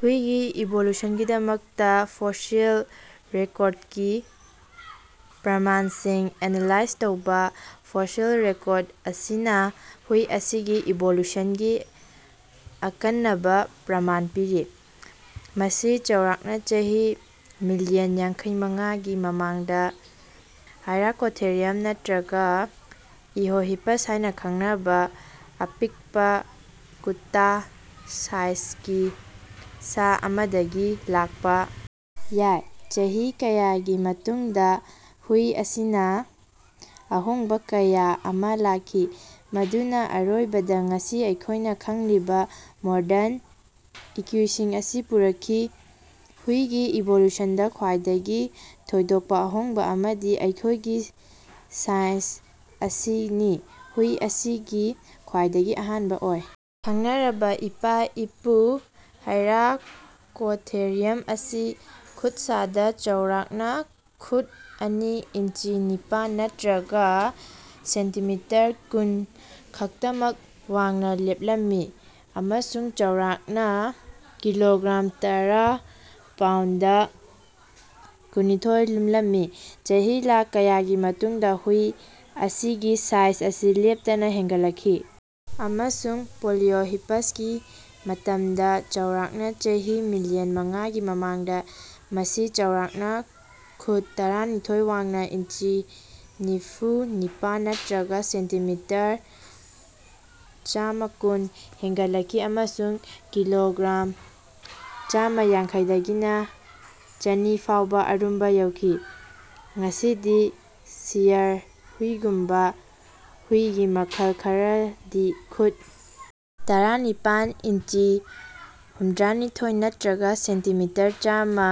ꯍꯨꯏꯒꯤ ꯏꯚꯣꯂꯨꯁꯟꯒꯤꯗꯃꯛꯇꯥ ꯐꯣꯁꯤꯜ ꯔꯦꯀꯣꯔꯗꯀꯤ ꯄ꯭ꯔꯃꯥꯟꯁꯤꯡ ꯑꯦꯅꯥꯂꯥꯏꯖ ꯇꯧꯕ꯫ ꯐꯣꯁꯤꯜ ꯔꯦꯀꯣꯔꯗ ꯑꯁꯤꯅ ꯍꯨꯏ ꯑꯁꯤꯒꯤ ꯏꯚꯣꯂꯨꯁꯟꯒꯤ ꯑꯀꯟꯅꯕ ꯄ꯭ꯔꯃꯥꯟ ꯄꯤꯔꯤ꯫ ꯃꯁꯤ ꯆꯥꯎꯔꯥꯛꯅꯥ ꯆꯍꯤ ꯃꯤꯂꯤꯌꯟ ꯌꯥꯡꯈꯩꯃꯉꯥꯒꯤ ꯃꯃꯥꯡꯗ ꯍꯥꯏꯔꯥꯀꯣꯊꯦꯔꯤꯌꯝ ꯅꯠꯇ꯭ꯔꯒ ꯏꯑꯣꯍꯤꯄꯁ ꯍꯥꯏꯅ ꯈꯪꯅꯕ ꯑꯄꯤꯛꯄꯥ ꯀꯨꯠꯇꯥ ꯁꯥꯏꯖꯒꯤ ꯁꯥ ꯑꯃꯗꯒꯤ ꯂꯥꯛꯄꯥ ꯌꯥꯏ꯫ ꯆꯍꯤ ꯀꯌꯥꯒꯤ ꯃꯇꯨꯡꯗꯥ ꯍꯨꯏ ꯑꯁꯤꯅꯥ ꯑꯍꯣꯡꯕꯥ ꯀꯌꯥ ꯑꯃꯥ ꯂꯥꯛꯈꯤ ꯃꯗꯨꯅꯥ ꯑꯔꯣꯏꯕꯗꯥ ꯉꯁꯤ ꯑꯩꯈꯣꯏꯅ ꯈꯪꯂꯤꯕ ꯃꯣꯗꯔꯟ ꯏꯀꯨꯏꯁꯤꯡ ꯑꯁꯤ ꯄꯨꯔꯛꯈꯤ꯫ ꯍꯨꯏꯒꯤ ꯏꯚꯣꯂꯨꯁꯟꯗꯥ ꯈ꯭ꯋꯥꯏꯗꯒꯤ ꯊꯣꯏꯗꯣꯛꯄꯥ ꯑꯍꯣꯡꯕꯥ ꯑꯃꯗꯤ ꯃꯈꯣꯏꯒꯤ ꯁꯥꯏꯖ ꯑꯁꯤꯅꯤ꯫ ꯍꯨꯏ ꯑꯁꯤꯒꯤ ꯈ꯭ꯋꯥꯏꯗꯒꯤ ꯑꯍꯥꯟꯕ ꯑꯣꯏꯅ ꯈꯪꯅꯔꯕ ꯏꯄꯥ-ꯏꯄꯨ ꯍꯥꯏꯔꯥꯀꯣꯊꯦꯔꯤꯌꯝ ꯑꯁꯤ ꯈꯨꯠꯁꯥꯗꯥ ꯆꯥꯎꯔꯥꯛꯅꯥ ꯈꯨꯠ ꯑꯅꯤ ꯏꯟꯆꯤ ꯅꯤꯄꯥꯟ ꯅꯠꯇ꯭ꯔꯒ ꯁꯦꯟꯇꯤꯃꯤꯇꯔ ꯀꯨꯟ ꯈꯛꯇꯃꯛ ꯋꯥꯡꯅ ꯂꯦꯞꯂꯝꯃꯤ ꯑꯃꯁꯨꯡ ꯆꯥꯎꯔꯥꯛꯅꯥ ꯀꯤꯂꯣꯒ꯭ꯔꯥꯝ ꯇꯔꯥ ꯄꯥꯎꯟꯗ ꯀꯨꯟꯅꯤꯊꯣꯏ ꯂꯨꯝꯂꯝꯃꯤ꯫ ꯆꯍꯤ ꯂꯥꯛ ꯀꯌꯥꯒꯤ ꯃꯇꯨꯡꯗꯥ ꯍꯨꯏ ꯑꯁꯤꯒꯤ ꯁꯥꯏꯖ ꯑꯁꯤ ꯂꯦꯞꯇꯅꯥ ꯍꯦꯟꯒꯠꯂꯛꯈꯤ, ꯑꯃꯁꯨꯡ ꯄ꯭ꯣꯂꯤꯑꯣꯍꯤꯄꯁꯀꯤ ꯃꯇꯝꯗꯥ, ꯆꯥꯎꯔꯥꯛꯅꯥ ꯆꯍꯤ ꯃꯤꯂꯤꯌꯟ ꯃꯉꯥꯒꯤ ꯃꯃꯥꯡꯗꯥ, ꯃꯁꯤ ꯆꯥꯎꯔꯥꯛꯅꯥ ꯈꯨꯠ ꯇꯔꯥꯅꯤꯊꯣꯏ ꯋꯥꯡꯅ ꯏꯟꯆꯤ ꯅꯤꯐꯨꯅꯤꯄꯥꯟ ꯅꯠꯇ꯭ꯔꯒ ꯁꯦꯟꯇꯤꯃꯤꯇꯔ ꯆꯥꯃꯥꯀꯨꯟ ꯍꯦꯟꯒꯠꯂꯛꯈꯤ ꯑꯃꯁꯨꯡ ꯀꯤꯂꯣꯒ꯭ꯔꯥꯝ ꯆꯥꯃꯥꯌꯥꯡꯈꯩꯗꯒꯤꯅ ꯆꯥꯅꯤ ꯐꯥꯎꯕ ꯑꯔꯨꯝꯕ ꯌꯧꯈꯤ꯫ ꯉꯁꯤꯗꯤ ꯁꯤꯌꯥꯔ ꯍꯨꯏꯒꯨꯝꯕꯥ ꯍꯨꯏꯒꯤ ꯃꯈꯜ ꯈꯔꯗꯤ ꯈꯨꯠ ꯇꯔꯥꯅꯤꯄꯥꯟ ꯏꯟꯆꯤ ꯍꯨꯝꯗ꯭ꯔꯅꯤꯊꯣꯏ ꯅꯠꯇ꯭ꯔꯒ ꯁꯦꯟꯇꯤꯃꯤꯇꯔ ꯆꯥꯃꯥ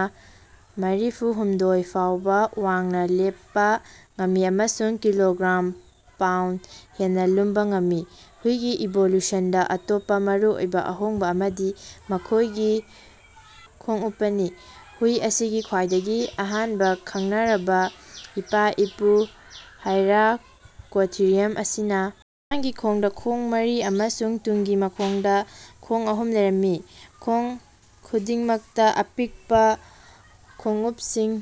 ꯃꯔꯤꯐꯨꯍꯨꯝꯗꯣꯏ ꯐꯥꯎꯕ ꯋꯥꯡꯅ ꯂꯦꯞꯄꯥ ꯉꯝꯃꯤ ꯑꯃꯁꯨꯡ ꯀꯤꯂꯣꯒ꯭ꯔꯥꯝ ꯄꯥꯎꯟꯗ ꯍꯦꯟꯅ ꯂꯨꯝꯕ ꯉꯝꯃꯤ꯫ ꯍꯨꯏꯒꯤ ꯏꯚꯣꯂꯨꯁꯟꯗꯥ ꯑꯇꯣꯞꯄꯥ ꯃꯔꯨꯑꯣꯏꯕ ꯑꯍꯣꯡꯕ ꯑꯃꯗꯤ ꯃꯈꯣꯏꯒꯤ ꯈꯣꯡꯎꯄꯅꯤ꯫ ꯍꯨꯏ ꯑꯁꯤꯒꯤ ꯈ꯭ꯋꯥꯏꯗꯒꯤ ꯑꯍꯥꯟꯕ ꯈꯪꯅꯔꯕꯥ ꯏꯄꯥ-ꯏꯄꯨ ꯍꯥꯏꯔꯥꯀꯣꯊꯦꯔꯤꯌꯝ ꯑꯁꯤꯅꯥ ꯃꯃꯥꯡꯒꯤ ꯈꯣꯡꯗꯥ ꯈꯣꯡ ꯃꯔꯤ ꯑꯃꯁꯨꯡ ꯃꯇꯨꯡꯒꯤ ꯈꯣꯡꯗꯥ ꯈꯣꯡ ꯑꯍꯨꯝ ꯂꯩꯔꯝꯃꯤ, ꯈꯣꯡ ꯈꯨꯗꯤꯡꯃꯛꯇꯥ ꯑꯄꯤꯛꯄꯥ ꯈꯣꯡꯎꯄꯁꯤꯡ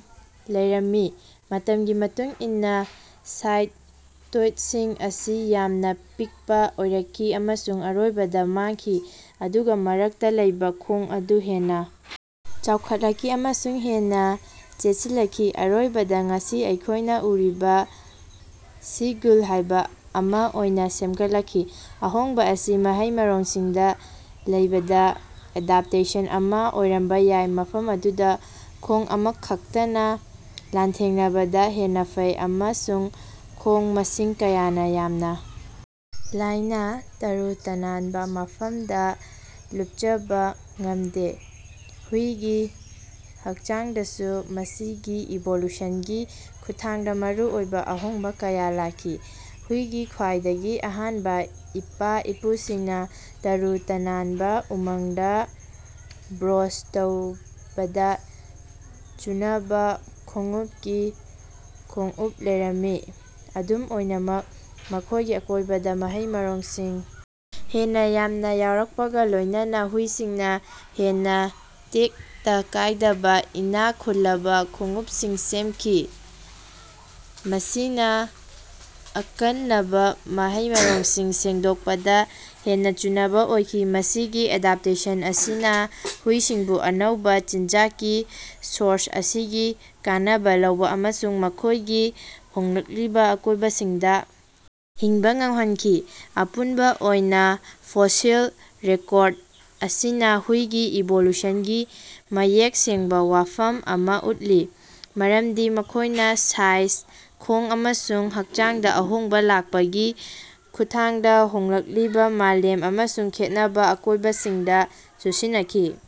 ꯂꯩꯔꯝꯃꯤ꯫ ꯃꯇꯝꯒꯤ ꯃꯇꯨꯡ ꯏꯟꯅꯥ ꯁꯥꯏꯗ ꯇꯣꯏꯁꯤꯡ ꯑꯁꯤ ꯌꯥꯝꯅ ꯄꯤꯛꯄꯥ ꯑꯣꯏꯔꯛꯈꯤ ꯑꯃꯁꯨꯡ ꯑꯔꯣꯏꯕꯗ ꯃꯥꯡꯈꯤ, ꯑꯗꯨꯒ ꯃꯔꯛꯇ ꯂꯩꯕ ꯈꯣꯡ ꯑꯗꯨ ꯍꯦꯟꯅꯥ ꯆꯥꯎꯈꯠꯂꯛꯈꯤ ꯑꯃꯁꯨꯡ ꯍꯦꯟꯅꯥ ꯆꯦꯠꯁꯤꯜꯂꯛꯈꯤ, ꯑꯔꯣꯏꯕꯗꯥ ꯉꯁꯤ ꯑꯩꯈꯣꯏꯅ ꯎꯔꯤꯕ ꯁꯤꯉ꯭ꯒꯜ ꯍꯨꯏ ꯑꯃꯥ ꯑꯣꯏꯅ ꯁꯦꯝꯒꯠꯂꯛꯈꯤ꯫ ꯑꯍꯣꯡꯕ ꯑꯁꯤ ꯃꯍꯩ-ꯃꯔꯣꯡꯁꯤꯡꯗ ꯂꯩꯕꯗꯥ ꯑꯦꯗꯞꯇꯦꯁꯟ ꯑꯃꯥ ꯑꯣꯏꯔꯝꯕ ꯌꯥꯏ, ꯃꯐꯝ ꯑꯗꯨꯗ ꯈꯣꯡ ꯑꯃꯈꯛꯇꯅꯥ ꯂꯥꯟꯊꯦꯡꯅꯕꯗꯥ ꯍꯦꯟꯅꯥ ꯐꯩ ꯑꯃꯁꯨꯡ ꯈꯣꯡ ꯃꯁꯤꯡ ꯀꯌꯥꯅꯥ ꯌꯥꯝꯅꯥ ꯂꯥꯏꯅꯥ ꯇꯔꯨ ꯇꯅꯥꯅꯕꯥ ꯃꯐꯝꯗ ꯂꯨꯞꯆꯕꯥ ꯉꯃꯗꯦ꯫ ꯍꯨꯏꯒꯤ ꯍꯥꯛꯆꯥꯡꯗꯁꯨ ꯃꯁꯤꯒꯤ ꯏꯚꯣꯂꯨꯁꯟꯒꯤ ꯈꯨꯠꯊꯥꯡꯗ ꯃꯔꯨꯑꯣꯏꯕ ꯑꯍꯣꯡꯕ ꯀꯌꯥ ꯂꯥꯛꯈꯤ꯫ ꯍꯨꯏꯒꯤ ꯈ꯭ꯋꯥꯏꯗꯒꯤ ꯑꯍꯥꯟꯕ ꯏꯄꯥ-ꯏꯄꯨꯁꯤꯡꯅꯥ ꯇꯔꯨ ꯇꯅꯥꯅꯕꯥ ꯎꯃꯪꯗꯥ ꯕ꯭ꯔꯣꯎꯖ ꯇꯧꯕꯗ ꯆꯨꯅꯕ ꯈꯣꯡꯎꯄꯀꯤ ꯈꯣꯡꯎꯞ ꯂꯩꯔꯝꯃꯤ꯫ ꯑꯗꯨꯝ ꯑꯣꯏꯅꯃꯛ, ꯃꯈꯣꯏꯒꯤ ꯑꯀꯣꯏꯕꯗ ꯃꯍꯩ-ꯃꯔꯣꯡꯁꯤꯡ ꯍꯦꯟꯅꯥ ꯌꯥꯝꯅꯥ ꯌꯥꯎꯔꯛꯄꯒ ꯂꯣꯏꯅꯅꯥ, ꯍꯨꯏꯁꯤꯡꯅꯥ ꯍꯦꯟꯅꯥ ꯇꯦꯛꯇ ꯀꯥꯏꯗꯕꯥ ꯏꯅꯥꯛ ꯈꯨꯜꯂꯕ ꯈꯣꯡꯎꯞꯁꯤꯡ ꯁꯦꯝꯈꯤ, ꯃꯁꯤꯅꯥ ꯑꯀꯟꯅꯕ ꯃꯍꯩ-ꯃꯔꯣꯡꯁꯤꯡ ꯁꯦꯡꯗꯣꯛꯄꯗ ꯍꯦꯟꯅꯥ ꯆꯨꯅꯕ ꯑꯣꯏꯈꯤ꯫ ꯃꯁꯤꯒꯤ ꯑꯦꯗꯞꯇꯦꯁꯟ ꯑꯁꯤꯅꯥ ꯍꯨꯏꯁꯤꯡꯕꯨ ꯑꯅꯧꯕꯥ ꯆꯤꯟꯖꯥꯛꯀꯤ ꯁꯣꯔꯁ ꯑꯁꯤꯒꯤ ꯀꯥꯟꯅꯕ ꯂꯧꯕ ꯑꯃꯁꯨꯡ ꯃꯈꯣꯏꯒꯤ ꯍꯣꯡꯂꯛꯂꯤꯕ ꯑꯀꯣꯏꯕꯁꯤꯡꯗꯥ ꯍꯤꯡꯕ ꯉꯝꯍꯟꯈꯤ꯫ ꯑꯄꯨꯟꯕ ꯑꯣꯏꯅ ꯐꯣꯁꯤꯜ ꯔꯦꯀꯣꯔꯗ ꯑꯁꯤꯅ ꯍꯨꯏꯒꯤ ꯏꯚꯣꯂꯨꯁꯟꯒꯤ ꯃꯌꯦꯛ ꯁꯦꯡꯕꯥ ꯋꯥꯐꯝ ꯑꯃꯥ ꯎꯠꯂꯤ, ꯃꯔꯝꯗꯤ ꯃꯈꯣꯏꯅꯥ ꯁꯥꯏꯖ, ꯈꯣꯡ ꯑꯃꯁꯨꯡ ꯍꯥꯛꯆꯥꯡꯗ ꯑꯍꯣꯡꯕ ꯂꯥꯛꯄꯒꯤ ꯈꯨꯠꯊꯥꯡꯗꯥ ꯍꯣꯡꯂꯛꯂꯤꯕ ꯃꯥꯂꯦꯝ ꯑꯃꯁꯨꯡ ꯈꯦꯠꯅꯕ ꯑꯀꯣꯏꯕꯁꯤꯡꯗ ꯆꯨꯁꯤꯟꯅꯈꯤ꯫